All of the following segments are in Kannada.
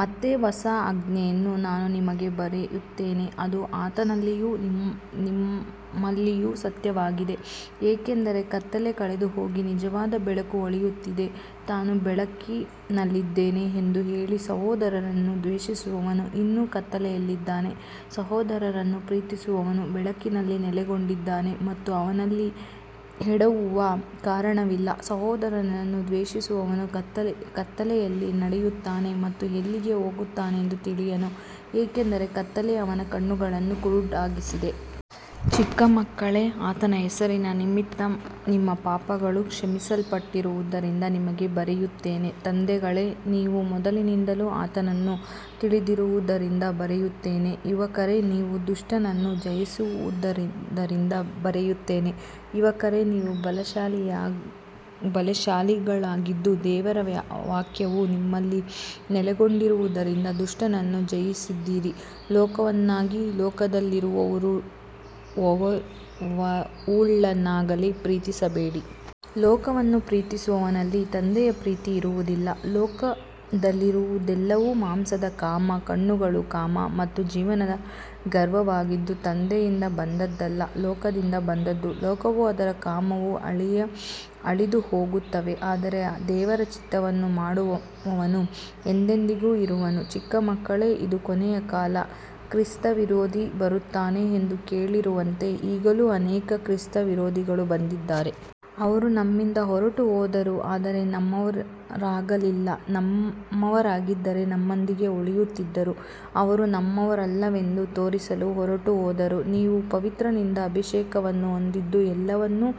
ಮತ್ತೆ ಹೊಸ ಆಜ್ಞೆಯನ್ನು ನಾನು ನಿಮಗೆ ಬರೆಯುತ್ತೇನೆ, ಅದು ಆತನಲ್ಲಿಯೂ ನಿಮ್ಮಲ್ಲಿಯೂ ಸತ್ಯವಾಗಿದೆ, ಏಕೆಂದರೆ ಕತ್ತಲೆ ಕಳೆದುಹೋಗಿ ನಿಜವಾದ ಬೆಳಕು ಹೊಳೆಯುತ್ತಿದೆ. ತಾನು ಬೆಳಕಿನಲ್ಲಿದ್ದೇನೆ ಎಂದು ಹೇಳಿ ಸಹೋದರನನ್ನು ದ್ವೇಷಿಸುವವನು ಇನ್ನೂ ಕತ್ತಲೆಯಲ್ಲಿದ್ದಾನೆ. ಸಹೋದರನನ್ನು ಪ್ರೀತಿಸುವವನು ಬೆಳಕಿನಲ್ಲಿ ನೆಲೆಗೊಂಡಿದ್ದಾನೆ ಮತ್ತು ಅವನಲ್ಲಿ ಎಡವುವ ಕಾರಣವಿಲ್ಲ. ಸಹೋದರನನ್ನು ದ್ವೇಷಿಸುವವನು ಕತ್ತಲೆಯಲ್ಲಿ ನಡೆಯುತ್ತಾನೆ ಮತ್ತು ಎಲ್ಲಿಗೆ ಹೋಗುತ್ತಾನೆಂದು ತಿಳಿಯನು, ಏಕೆಂದರೆ ಕತ್ತಲೆ ಅವನ ಕಣ್ಣುಗಳನ್ನು ಕುರುಡಾಗಿಸಿದೆ. ಚಿಕ್ಕ ಮಕ್ಕಳೇ, ಆತನ ಹೆಸರಿನ ನಿಮಿತ್ತ ನಿಮ್ಮ ಪಾಪಗಳು ಕ್ಷಮಿಸಲ್ಪಟ್ಟಿರುವುದರಿಂದ ನಿಮಗೆ ಬರೆಯುತ್ತೇನೆ. ತಂದೆಗಳೇ, ನೀವು ಮೊದಲಿನಿಂದಲೂ ಆತನನ್ನು ತಿಳಿದಿರುವುದರಿಂದ ಬರೆಯುತ್ತೇನೆ. ಯುವಕರೇ, ನೀವು ದುಷ್ಟನನ್ನು ಜಯಿಸಿರುವುದರಿಂದ ಬರೆಯುತ್ತೇನೆ. ಯುವಕರೇ, ನೀವು ಬಲಶಾಲಿಗಳಾಗಿದ್ದು ದೇವರ ವಾಕ್ಯವು ನಿಮ್ಮಲ್ಲಿ ನೆಲೆಗೊಂಡಿರುವುದರಿಂದ ದುಷ್ಟನನ್ನು ಜಯಿಸಿದ್ದೀರಿ. ಲೋಕವನ್ನಾಗಲಿ ಲೋಕದಲ್ಲಿರುವವುಗಳನ್ನಾಗಲಿ ಪ್ರೀತಿಸಬೇಡಿ. ಲೋಕವನ್ನು ಪ್ರೀತಿಸುವವನಲ್ಲಿ ತಂದೆಯ ಪ್ರೀತಿ ಇರುವುದಿಲ್ಲ. ಲೋಕದಲ್ಲಿರುವುದೆಲ್ಲವೂ ಮಾಂಸದ ಕಾಮ, ಕಣ್ಣುಗಳ ಕಾಮ ಮತ್ತು ಜೀವದ ಗರ್ವವಾಗಿದ್ದು ತಂದೆಯಿಂದ ಬಂದದ್ದಲ್ಲ, ಲೋಕದಿಂದ ಬಂದದ್ದು. ಲೋಕವೂ ಅದರ ಕಾಮವೂ ಅಳಿದುಹೋಗುತ್ತವೆ, ಆದರೆ ದೇವರ ಚಿತ್ತವನ್ನು ಮಾಡುವವನು ಎಂದೆಂದಿಗೂ ಇರುವನು. ಚಿಕ್ಕ ಮಕ್ಕಳೇ, ಇದು ಕೊನೆಯ ಕಾಲ. ಕ್ರಿಸ್ತವಿರೋಧಿ ಬರುತ್ತಾನೆ ಎಂದು ಕೇಳಿರುವಂತೆ ಈಗಲೂ ಅನೇಕ ಕ್ರಿಸ್ತವಿರೋಧಿಗಳು ಬಂದಿದ್ದಾರೆ. ಅವರು ನಮ್ಮಿಂದ ಹೊರಟುಹೋದರು, ಆದರೆ ನಮ್ಮವರಾಗಿರಲಿಲ್ಲ. ನಮ್ಮವರಾಗಿದ್ದರೆ ನಮ್ಮೊಂದಿಗೆ ಉಳಿಯುತ್ತಿದ್ದರು. ಅವರು ನಮ್ಮವರಲ್ಲವೆಂದು ತೋರಿಸಲು ಹೊರಟುಹೋದರು. ನೀವು ಪವಿತ್ರನಿಂದ ಅಭಿಷೇಕವನ್ನು ಹೊಂದಿದ್ದು ಎಲ್ಲವನ್ನೂ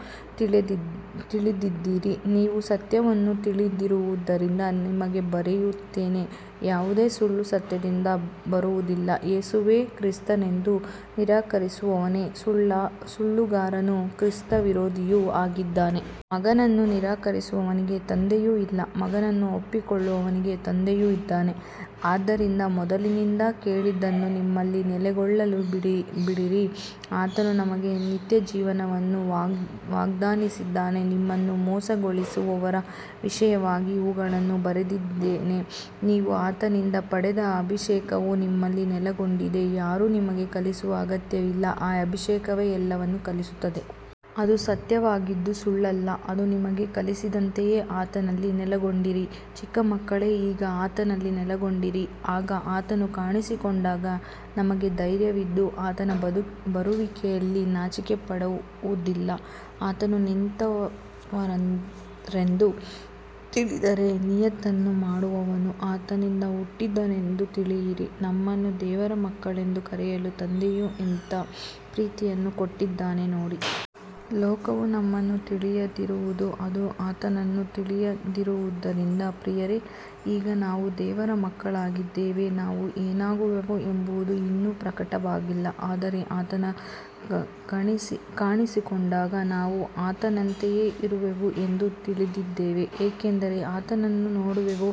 ತಿಳಿದಿದ್ದೀರಿ. ನೀವು ಸತ್ಯವನ್ನು ತಿಳಿದಿರುವುದರಿಂದ ನಿಮಗೆ ಬರೆಯುತ್ತೇನೆ, ಯಾವುದೇ ಸುಳ್ಳು ಸತ್ಯದಿಂದ ಬರುವುದಿಲ್ಲ. ಯೇಸುವೇ ಕ್ರಿಸ್ತನೆಂದು ನಿರಾಕರಿಸುವವನೇ ಸುಳ್ಳುಗಾರನೂ ಕ್ರಿಸ್ತವಿರೋಧಿಯೂ ಆಗಿದ್ದಾನೆ. ಮಗನನ್ನು ನಿರಾಕರಿಸುವವನಿಗೆ ತಂದೆಯೂ ಇಲ್ಲ, ಮಗನನ್ನು ಒಪ್ಪಿಕೊಳ್ಳುವವನಿಗೆ ತಂದೆಯೂ ಇದ್ದಾನೆ. ಆದ್ದರಿಂದ ಮೊದಲಿನಿಂದ ಕೇಳಿದ್ದನ್ನು ನಿಮ್ಮಲ್ಲಿ ನೆಲೆಗೊಳ್ಳಲು ಬಿಡಿರಿ. ಆತನು ನಮಗೆ ನಿತ್ಯಜೀವವನ್ನು ವಾಗ್ದಾನಿಸಿದ್ದಾನೆ. ನಿಮ್ಮನ್ನು ಮೋಸಗೊಳಿಸುವವರ ವಿಷಯವಾಗಿ ಇವುಗಳನ್ನು ಬರೆದಿದ್ದೇನೆ. ನೀವು ಆತನಿಂದ ಪಡೆದ ಅಭಿಷೇಕವು ನಿಮ್ಮಲ್ಲಿ ನೆಲೆಗೊಂಡಿದೆ. ಯಾರೂ ನಿಮಗೆ ಕಲಿಸುವ ಅಗತ್ಯವಿಲ್ಲ, ಆ ಅಭಿಷೇಕವೇ ಎಲ್ಲವನ್ನೂ ಕಲಿಸುತ್ತದೆ. ಅದು ಸತ್ಯವಾಗಿದ್ದು ಸುಳ್ಳಲ್ಲ. ಅದು ನಿಮಗೆ ಕಲಿಸಿದಂತೆಯೇ ಆತನಲ್ಲಿ ನೆಲೆಗೊಂಡಿರಿ. ಚಿಕ್ಕ ಮಕ್ಕಳೇ, ಈಗ ಆತನಲ್ಲಿ ನೆಲೆಗೊಂಡಿರಿ, ಆಗ ಆತನು ಕಾಣಿಸಿಕೊಂಡಾಗ ನಮಗೆ ಧೈರ್ಯವಿದ್ದು ಆತನ ಬರುವಿಕೆಯಲ್ಲಿ ನಾಚಿಕೆಪಡುವುದಿಲ್ಲ. ಆತನು ನೀತಿವಂತನೆಂದು ತಿಳಿದರೆ ನೀತಿಯನ್ನು ಮಾಡುವವನು ಆತನಿಂದ ಹುಟ್ಟಿದ್ದಾನೆಂದು ತಿಳಿಯಿರಿ. ನಮ್ಮನ್ನು ದೇವರ ಮಕ್ಕಳೆಂದು ಕರೆಯಲು ತಂದೆಯು ಎಂಥ ಪ್ರೀತಿಯನ್ನು ಕೊಟ್ಟಿದ್ದಾನೆ ನೋಡಿ. ಲೋಕವು ನಮ್ಮನ್ನು ತಿಳಿಯದಿರುವುದು ಅದು ಆತನನ್ನು ತಿಳಿಯದಿರುವುದರಿಂದ. ಪ್ರಿಯರೇ, ಈಗ ನಾವು ದೇವರ ಮಕ್ಕಳಾಗಿದ್ದೇವೆ. ನಾವು ಏನಾಗುವೆವು ಎಂಬುದು ಇನ್ನೂ ಪ್ರಕಟವಾಗಿಲ್ಲ, ಆದರೆ ಆತನು ಕಾಣಿಸಿಕೊಂಡಾಗ ನಾವು ಆತನಂತೆಯೇ ಇರುವೆವು ಎಂದು ತಿಳಿದಿದ್ದೇವೆ, ಏಕೆಂದರೆ ಆತನನ್ನು ನೋಡುವೆವು.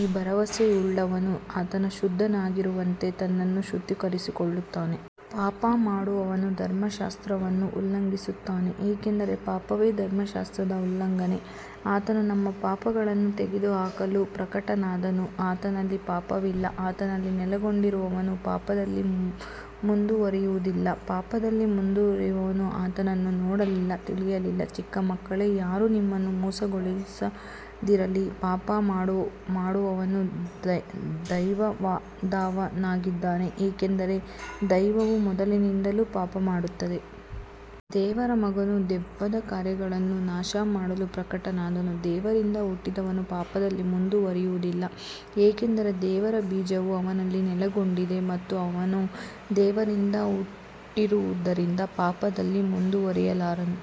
ಈ ಭರವಸೆಯುಳ್ಳವನು ಆತನು ಶುದ್ಧನಾಗಿರುವಂತೆ ತನ್ನನ್ನು ಶುದ್ಧೀಕರಿಸಿಕೊಳ್ಳುತ್ತಾನೆ. ಪಾಪ ಮಾಡುವವನು ಧರ್ಮಶಾಸ್ತ್ರವನ್ನು ಉಲ್ಲಂಘಿಸುತ್ತಾನೆ, ಏಕೆಂದರೆ ಪಾಪವೇ ಧರ್ಮಶಾಸ್ತ್ರದ ಉಲ್ಲಂಘನೆ. ಆತನು ನಮ್ಮ ಪಾಪಗಳನ್ನು ತೆಗೆದುಹಾಕಲು ಪ್ರಕಟನಾದನು, ಆತನಲ್ಲಿ ಪಾಪವಿಲ್ಲ. ಆತನಲ್ಲಿ ನೆಲೆಗೊಂಡಿರುವವನು ಪಾಪದಲ್ಲಿ ಮುಂದುವರಿಯುವುದಿಲ್ಲ. ಪಾಪದಲ್ಲಿ ಮುಂದುವರಿಯುವವನು ಆತನನ್ನು ನೋಡಲಿಲ್ಲ, ತಿಳಿಯಲಿಲ್ಲ. ಚಿಕ್ಕ ಮಕ್ಕಳೇ, ಯಾರೂ ನಿಮ್ಮನ್ನು ಮೋಸಗೊಳಿಸದಿರಲಿ. ಪಾಪ ಮಾಡುವವನು ದೆವ್ವದವನಾಗಿದ್ದಾನೆ, ಏಕೆಂದರೆ ದೆವ್ವವು ಮೊದಲಿನಿಂದಲೂ ಪಾಪಮಾಡುತ್ತದೆ. ದೇವರ ಮಗನು ದೆವ್ವದ ಕಾರ್ಯಗಳನ್ನು ನಾಶಮಾಡಲು ಪ್ರಕಟನಾದನು. ದೇವರಿಂದ ಹುಟ್ಟಿದವನು ಪಾಪದಲ್ಲಿ ಮುಂದುವರಿಯುವುದಿಲ್ಲ, ಏಕೆಂದರೆ ದೇವರ ಬೀಜವು ಅವನಲ್ಲಿ ನೆಲೆಗೊಂಡಿದೆ ಮತ್ತು ಅವನು ದೇವರಿಂದ ಹುಟ್ಟಿರುವುದರಿಂದ ಪಾಪದಲ್ಲಿ ಮುಂದುವರಿಯಲಾರನು.